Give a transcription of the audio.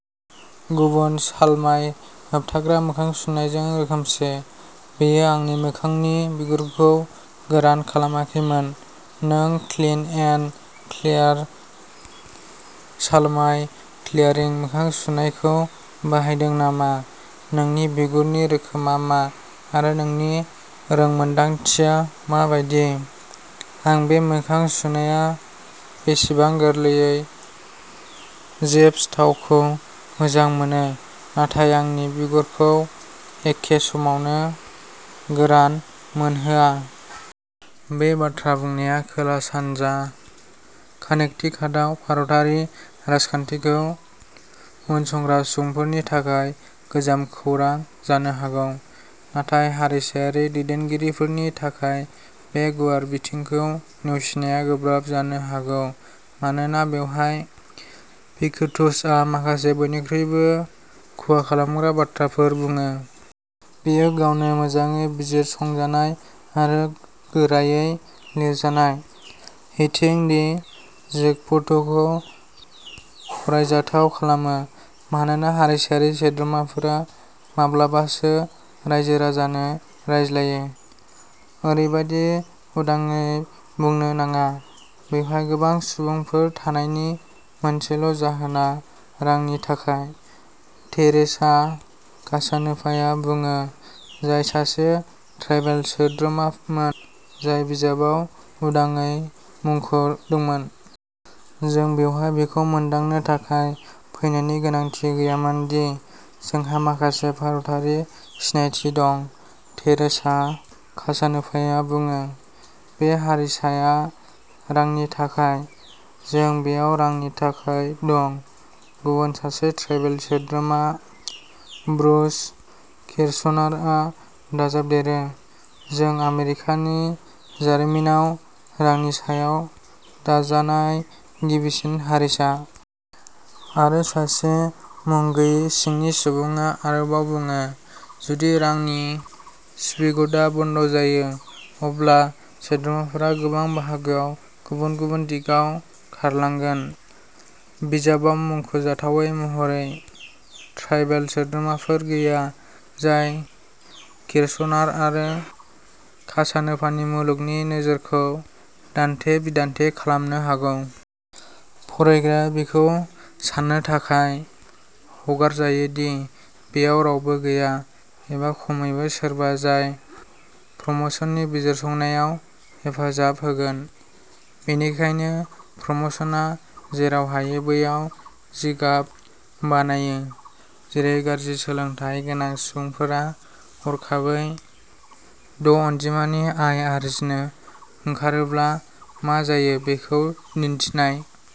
गुबुन सालमाय होबथाग्रा मोखां सुनायजों रोखोमसे, बेयो आंनि मोखांनि बिगुरखौ गोरान खालामाखैमोन। नों क्लिन एन्ड क्लियार सालमाय क्लियारिं मोखां सुनायखौ बाहायदों नामा? नोंनि बिगुरनि रोखोमआ मा आरो नोंनि रोंमोनदांथिया मा बायदि? आं बे मोखां सुनाया बेसेबां गोरलैयै जेप्स थावखौ मोजां मोनो नाथाय आंनि बिगुरखौ एखे समावनो गोरान मोनहोआ? बे बाथ्रा बुंनाया खोला-सानजा कानेक्टिकाटआव भारतारि राजखान्थिखौ उनसंग्रा सुबुंफोरनि थाखाय गोजाम खौरां जानो हागौ। नाथाय हारिसायारि दैदेनगिरिफोरनि थाखाय बे गुवार बिथिंखौ नेवसिनाया गोब्राब जानो हागौ मानोना बेवहाय पिकुवट्सआ माखासे बयनिख्रुइबो खहा खालामग्रा बाथ्राफोर बुङो। बेयो गावनो मोजाङै बिजिरसंजानाय आरो गोरायै लिरजानाय "हिटिं दि जेकप'ट" खौ फरायजाथाव खालामो, मानोना हारिसायारि सोद्रोमाफोरा माब्लाबासो रायजो राजानो रायज्लायो, ओरैबादि उदाङै बुंनो नाङा। "बेवहाय गोबां सुबुंफोर थानायनि मोनसेल'जाहोना रांनि थाखाय। थेरेसा कासानोभाया बुङो, जाय सासे ट्राइबेल सोद्रोमामोन, जाय बिजाबाव उदाङै मुंख'दोंमोन। जों बेवहाय बेखौ मोनदांनो थाखाय फैनायनि गोनांथि गैयामोन दि जोंहा माखासे भारतारि सिनायथि दं ", थेरेसा कासानोभाया बुङो। " बे हारिसाया रांनि थाखाय। जों बेयाव रांनि थाखाय दं। "गुबुन सासे ट्राइबेल सोद्रोमा, ब्रुस किर्चनारआ दाजाबदेरो," जों आमेरिकानि जारिमिनाव रांनि सायाव दाजानाय गिबिसिन हारिसा। "आरो सासे मुं गैयै सिंनि सुबुंआ आरोबाव बुङो," जुदि रांनि स्पिग'टआ बन्द जायो, अब्ला सोद्रोमाफोरा गोबां बाहागोआव गुबुन गुबुन दिगाव खारलांगोन। "बिजाबाव मुंख'जाथावै महरै ट्राइबेल सोद्रोमाफोर गैया, जाय किर्चनार आरो कासानोभानि मुलुगनि नोजोरखौ दान्थे-बिदान्थे खालामनो हागौ। फरायग्राया बेखौ सान्नो थाखाय हगारजायो दि बेयाव रावबो गैया, एबा खमैबो सोरबा जाय फ्रमसननि बिजिरसंनायाव हेफाजाब होगोन। बेनिखायनो फ्रमसनआ जेराव हायो बैयाव जिगाब बानायो, जेरै गाज्रि सोलोंथाय गोनां सुबुंफोरा हरखाबै द'अनजिमानि आय आर्जिनो ओंखारोब्ला मा जायो बेखौ दिन्थिनाय।